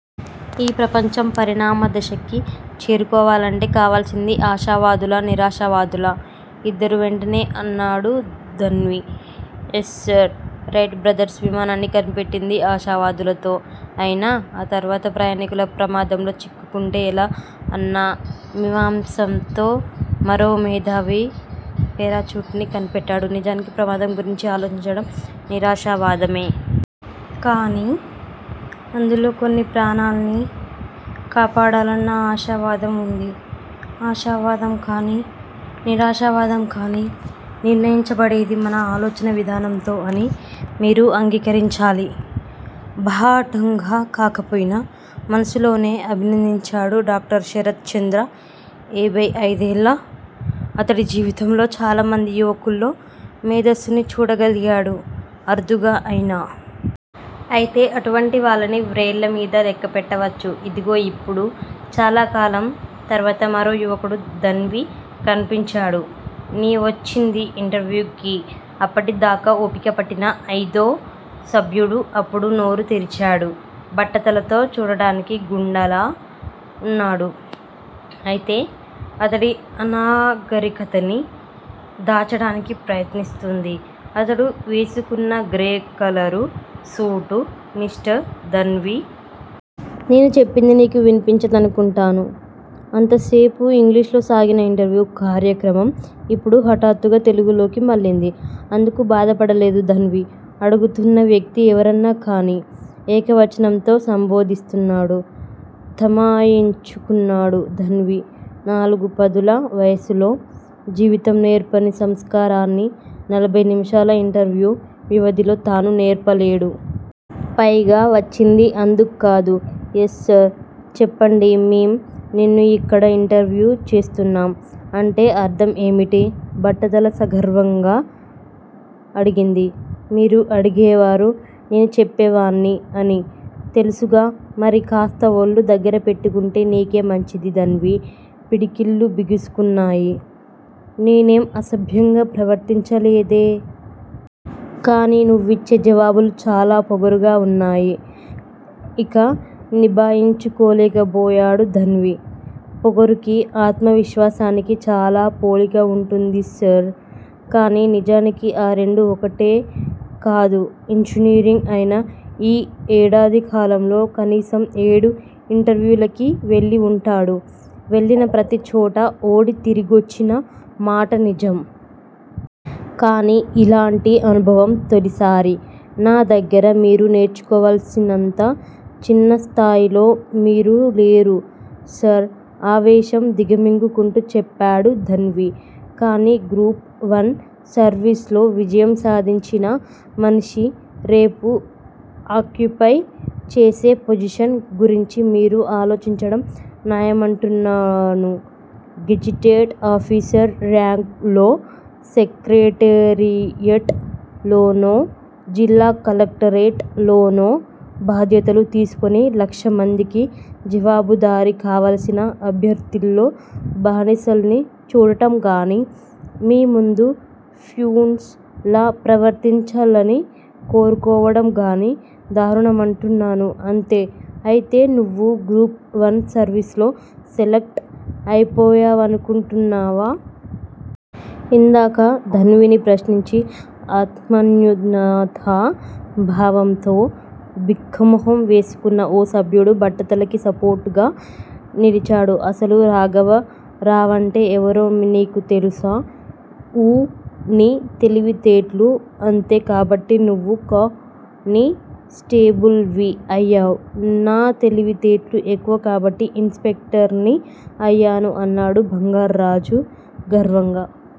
ఈ ప్రపంచం పరిణామ దశకి చేరుకోవాలంటే కావాల్సింది అశావాదులా, నిరాశావాదులా? ఇద్దరూ వెంటనే అన్నాడు ధన్వి. యస్సర్! రైట్ బ్రదర్స్ విమానాన్ని కనిపెట్టింది అశావాదులతో అయినా ఆ తర్వాత ప్రయాణికుల ప్రమాదంలో చిక్కుకుంటే ఎలా అన్న మిమాంసతో మరో మేధావి పేరాచూట్ ని కనిపెట్టాడు నిజానికి ప్రమాదం గురించి ఆలోచించడం నిరాశావాదమే. కానీ అందులో కొన్ని ప్రాణాల్ని కాపాడాలన్న ఆశావాదం వుంది ఆశావాదం కానీ నిరాశావాదం కానీ నిర్ణయించబడేది మన ఆలోచనా విధానంతో అని మీరు అంగికరించాలి. బహాటంగా కాకపోయినా మనసులోనే అభినందించాడు డాక్టర్ శరత్ చంద్ర ఏభై అయిదేళ్ళ అతడి జీవితంలో చాలా మంది యువకుల్లో మేధస్సుని చూడగలిగాడు అరుదుగా అయినా. అయితే అటువంటి వాళ్ళని వ్రేళ్ళ మీద లెక్కపెట్టవచ్చు ఇదిగో యిప్పుడు చాలా కాలం తర్వాత మరో యువకుడు ధన్వి కనిపించాడు. నీవొచ్చింది ఇంటర్వ్యూ కి అప్పటి దాకా ఓపికపట్టిన అయిదో సభ్యుడు అప్పుడు నోరు తెరిచాడు బట్టతలతో చూడటానికి గుండాలా వున్నాడు. అయితే అతడి అనాగరికతని దాచటానికి ప్రయత్నిస్తుంది ఆతడు వేసుకున్న grey colour suit mister Dhanvi. నేను చెప్పింది నీకు వినిపించిందనుకుంటను. అంతసేపు ఇంగ్లీషులో సాగిన ఇంటర్వ్యూ కార్యక్రమం యిప్పుడు హటాత్తుగా తెలుగులోకి మళ్ళింది. అందుకు బాధపడలేదు ధన్వి. అడుగుతున్న వ్యక్తీ ఎవరన్నా కానీ ఏకవచనంతో సంభోదిస్తున్నాడు. తమాయించుకున్నాడు ధన్వి. నాలుగు పదుల వయసులో, జీవితం నేర్పని సంస్కారాన్ని నలబై నిమిషాల ఇంటర్వ్యూ వ్యవధిలో తాను నేర్పలేడు. పైగా వచ్చింది అందుక్కాదు. యస్సర్, చెప్పండి మేం నిన్ను యిక్కడ యింటర్వ్యు చేస్తున్నాం అంటే అర్ధం ఏమిటి? బట్టతల సగర్వంగా అడిగింది. మీరు అడిగేవారు, నేను చెప్పేవాడ్ని అని. తెలుసుగా మరి కాస్త ఒళ్ళు దగ్గర పెట్టుకుంటే నీకే మంచిది ధన్వి పిడికిళ్ళు బిగిసుకున్నాయి. నేనేం అసభ్యంగా ప్రవర్తించలేదే! కానీ నువ్విచ్చే జవాబులు చాలా పొగరుగా వున్నాయి. ఇక నిభాయించుకోలేకపోయాడు ధన్వి. పొగరుకి, ఆత్మ విశ్వాసానికి చాలా పోలిక వుంటుంది సర్. కానీ నిజానికి ఆ రెండు ఒకటే కాదు ఇంజనీరింగ్ అయిన యీ ఏడాదికాలంలో కనీసం ఏడు ఇంటర్వ్యూలకి వెళ్ళి వుంటాడు. వెళ్ళిన ప్రతిచోట ఓడి తిరిగొచ్చిన మాట నిజం. కాని యిలాంటి అనుభవం తొలిసారి. నా దగ్గర మీరు నేర్చుకోవాల్సినంత చిన్నస్థాయిలో మీరు లేరు సర్ ఆవేశం దిగమింగుకుంటూ చెప్పాడు ధన్వి. కానీ గ్రూప్ వన్ సర్విస్ లో విజయం సాధించిన మనిషి రేపు అక్యుపై చేసే పొజిషన్ గురించి మీరు ఆలోచించడం న్యాయమంటున్నాను గెజిటెడ్ ఆఫీసర్ ర్యాంక్ లో సెక్రటేరియట్ లోనో, జిల్లా కలెక్టరేట్ లోనో బాధ్యతలు తీసుకుని లక్షమందికి జవాబుదారి కావలసిన అభ్యర్ధిల్లో బానిసల్ని చూడడంగానీ, మీ ముందు ఫ్యున్స్ లా ప్రవర్తించలని కోరుకోవడంగానీ దారుణమంటున్నాను అంతే అయితే నువ్వు గ్రూప్ వన్ సర్వీసులో సెలెక్ట్ అయిపోయావనుకుంటున్నావా? ఇందాక ధన్విని ప్రశ్నించి ఆత్మన్యూనతా భావంతో బిక్కమొహం వేసుకున్న ఓ సభ్యుడు బట్టతలకి సపోర్టుగా నిలిచాడు అసలు రాఘవరావంటే ఎవరో నీకు తెలుసా? ఊ ని తెలివితేట్లు అంతే కాబట్టి నువ్వు కాని స్టేబుల్ వి అయ్యావ్. నా తెలివితేట్లు ఎక్కువ కాబట్టి ఇన్ స్పెక్టర్ ని అయ్యాను అన్నాడు బంగార్రాజు గర్వంగా.